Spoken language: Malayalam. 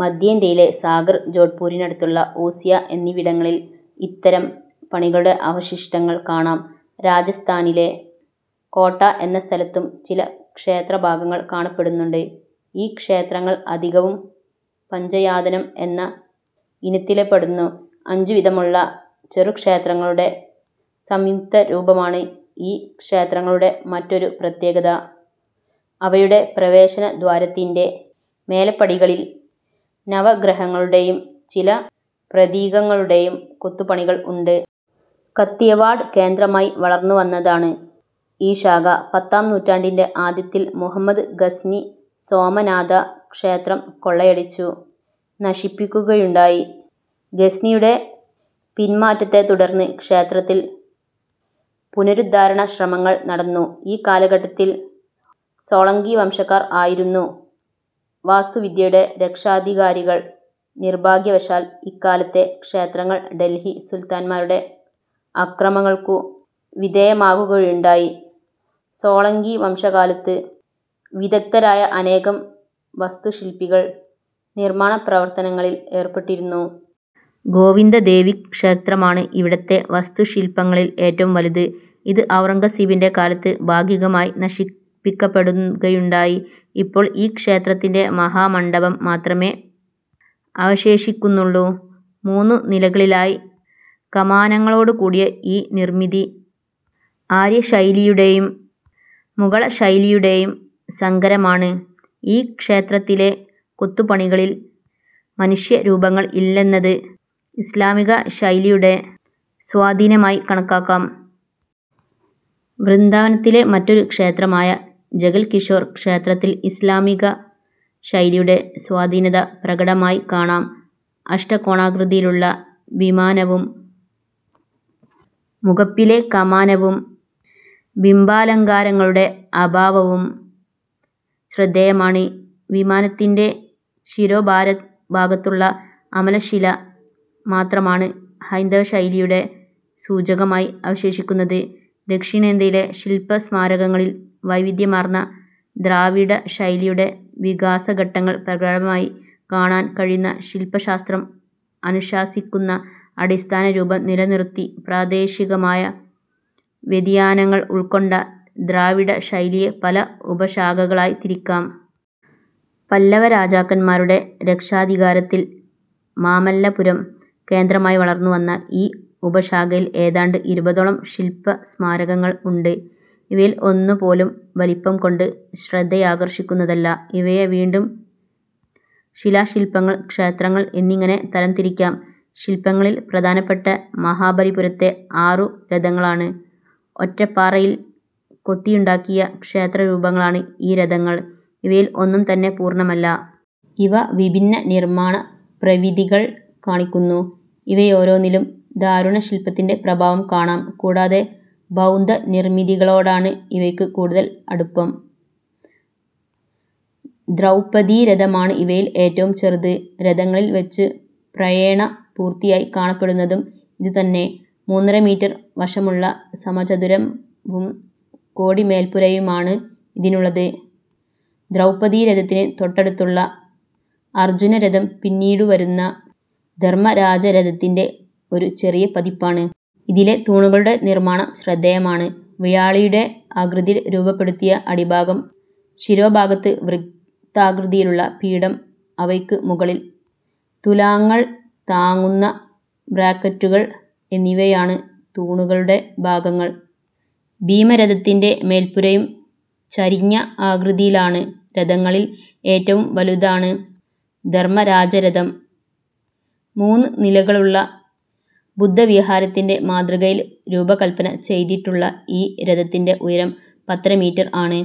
മദ്ധ്യേന്ത്യയിലെ സാഗർ, ജോഡ്പൂരിനടുത്തുള്ള ഓസിയ എന്നിവിടങ്ങളിൽ ഇത്തരം പണികളുടെ അവശിഷ്ടങ്ങൾ കാണാം. രജസ്ഥാനിലെ കോട്ട എന്ന സ്ഥലത്തും ചില ക്ഷേത്രഭാഗങ്ങൾ കാണപ്പെടുന്നുണ്ട്. ഈ ക്ഷേത്രങ്ങൾ അധികവും പഞ്ചയാതനം എന്ന ഇനത്തില്പെടുന്ന അഞ്ചു വീതമുള്ള ചെറുക്ഷേത്രങ്ങളുടെ സംയുക്തരൂപമാണ്. ഈ ക്ഷേത്രങ്ങളുടെ മറ്റൊരു പ്രത്യേകത അവയുടെ പ്രവേശനദ്വാരത്തിന്റെ മേല്പടികളിൽ നവഗ്രഹങ്ങളുടെയും ചില പ്രതീകങ്ങളുടെയും കൊത്തുപണികൾ ഉണ്ട്. കത്തിയവാഡ് കേന്ദ്രമായി വളർന്നുവന്നതാണ് ഈ ശാഖ. പത്താം നൂറ്റാണ്ടിന്റെ ആദ്യത്തിൽ മുഹമ്മദ് ഗസ്നി സോമനാഥ ക്ഷേത്രം കൊള്ളയടിച്ചു നശിപ്പിക്കുകയുണ്ടായി. ഗസ്നിയുടെ പിന്മാറ്റത്തെത്തുടർന്ന് ക്ഷേത്രത്തിൽ പുനരുദ്ധാരണശ്രമങ്ങൾ നടന്നു. ഈ കലഘട്ടത്തിൽ സോളങ്കിവംശക്കാർ ആയിരുന്നു വാസ്തുവിദ്യയുടെ രക്ഷാധികാരികൾ. നിർഭാഗ്യവശാൽ ഇക്കാലത്തെ ക്ഷേത്രങ്ങൾ ഡൽഹി സുൽത്താന്മാരുടെ ആക്രമണങ്ങൾക്കു വിധേയമാകുകയുണ്ടായി. സോളങ്കിവംശക്കാലത്ത് വിദഗ്ദ്ധരായ അനേകം വാസ്തുശില്പികൾ നിർമ്മാണപ്രവർത്ത്നങ്ങളിൽ ഏർപ്പെട്ടിരുന്നു. ഗോവിന്ദദേവിക് ക്ഷേത്രമാണ് ഇവിടത്തെ വാസ്തുശില്പങ്ങളിൽ ഏറ്റവും വലുത്. ഇത് ഔറംഗസീബിന്റെ കാലത്ത് ഭാഗികമായി നശിപ്പിക്കപെടുകയുണ്ടായി. ഇപ്പോൾ ഈ ക്ഷേത്രത്തിന്റെ മഹാമണ്ഡപം മാത്രമേ അവശേഷിക്കുന്നുള്ളു. മൂന്നുനിലകളിലായി കമാനങ്ങളോടുകൂടിയ ഈ നിർമിതി ആര്യശൈലിയുടെയും മുഗളശൈലിയുടെയും സങ്കരമാണ്. ഈ ക്ഷേത്രത്തിലെ കൊത്തുപണികളിൽ മനുഷ്യരൂപങ്ങൾ ഇല്ലെന്നത് ഇസ്ലാമിക ശൈലിയുടെ സ്വാധീനമായി കണക്കാക്കാം. വൃന്ദാവനത്തിലെ മറ്റൊരു ക്ഷേത്രമായ ജഗൽകിഷോർ ക്ഷേത്രത്തിൽ ഇസ്ലാമിക ശൈലിയുടെ സ്വാധീനത പ്രകടമായി കാണാം. അഷ്ടകോണാകൃതിയിലുള്ള വിമാനവും മുഖപ്പിലെ കമാനവും ബിംബാലങ്കാരങ്ങളുടെ അഭാവവും ശ്രദ്ധേയമാണ്. വിമാനത്തിന്റെ ശിരോഭാഗത്തുള്ള അമലശില മാത്രമാണ് ഹൈന്ദവശൈലിയുടെ സൂചകമായി അവശേഷിക്കുന്നത്. ദക്ഷിണേന്ത്യയിലെ ശില്പസ്മാരകങ്ങളിൽ വൈവിധ്യമാർന്ന ദ്രാവിഡശൈലിയുടെ വികാസഘട്ടങ്ങൾ പ്രകടമായി കാണാൻ കഴിയുന്നു. ശില്പശാസ്ത്രം അനുശാസിക്കുന്ന അടിസ്ഥാന രൂപം നിലനിറുത്തി പ്രാദേശികമായ വ്യതിയാനങ്ങൾ ഉൾക്കൊണ്ട ദ്രാവിഡശൈലിയെ പല ഉപശാഖകളായി തിരിക്കാം. പല്ലവരാജാക്കന്മാരുടെ രക്ഷാധികാരത്തിൽ മാമല്ലപുരം കേന്ദ്രമായി വളർന്നുവന്ന ഈ ഉപശാഖയിൽ ഏതാണ്ട് ഇരുപതോളം ശില്പസ്മാരകങ്ങൾ ഉണ്ട്. ഇവയിൽ ഒന്നുപോലും വലിപ്പംകൊണ്ട് ശ്രദ്ധയാകർഷിക്കുന്നതല്ല. ഇവയെ വീണ്ടും ശിലാശില്പങ്ങൾ, ക്ഷേത്രങ്ങൾ എന്നിങ്ങനെ തരംതിരിക്കാം. ശില്പങ്ങളിൽ പ്രധാനപ്പെട്ടവ മഹാബലിപുരത്തെ ആറു രഥങ്ങളാണ്: ഒറ്റപ്പാറയിൽ കൊത്തിയുണ്ടാക്കിയ ക്ഷേത്രരൂപങ്ങളാണ് ഈ രഥങ്ങൾ. ഇവയിൽ ഒന്നും തന്നെ പൂർണമല്ല. ഇവ വിഭിന്ന നിർമ്മാണ പ്രവിധികൾ കാണിക്കുന്നു. ഇവയോരോന്നിലും ദാരുശില്പത്തിന്റെ പ്രഭാവം കാണാം. കൂടാതെ ബൗദ്ധനിർമിതികളൊടാണ് ഇവയ്ക്ക് കൂടുതൽ അടുപ്പം. ദ്രൗപതീരഥമാണ് ഇവയിൽ ഏറ്റവും ചെറുത്; രഥങ്ങളിൽവച്ച് പ്രായേണ പൂർത്തിയായി കാണപ്പെടുന്നതും ഇതുതന്നെ. മൂന്നരമീറ്റർ വശമുള്ള സമചതുരവും കോടിമേല്പുരയുമാണ് ഇതിനുള്ളത്. ദ്രൗപതീരഥത്തിന് തൊട്ടടുത്തുള്ള അർജ്ജുനരഥം പിന്നീടുവരുന്ന ധർമരാജരഥത്തിന്റെ ഒരു ചെറിയ പതിപ്പാണ്. ഇതിലെ തൂണുകളുടെ നിർമ്മാണം ശ്രദ്ധേയമാണ്. വ്യാളിയുടെ ആകൃതിയിൽ രൂപപ്പെടുത്തിയ അടിഭാഗം, ശിരോഭാഗത്ത് വൃത്താകൃതിയിലുള്ള പീഠം അവയ്ക്ക് മുകളിൽ തുലാങ്ങൾ താങ്ങുന്ന ബ്രാക്കറ്റുകൾ എന്നിവയാണ് തൂണുകളുടെ ഭാഗങ്ങൾ. ഭീമരഥത്തിന്റെ മേല്പുരയും ചരിഞ്ഞ ആകൃതിയിലാണ്. രഥങ്ങളിൽ ഏറ്റവും വലുതാണ് ധർമരാജരഥം. മൂന്നുനിലകളുള്ള ബുദ്ധവിഹാരത്തിന്റെ മാതൃകയിൽ രൂപകല്പനച്യ്തിട്ടുള്ള ഈ രഥത്തിന്റെ ഉയരം പത്തര മീറ്റർ ആണ്.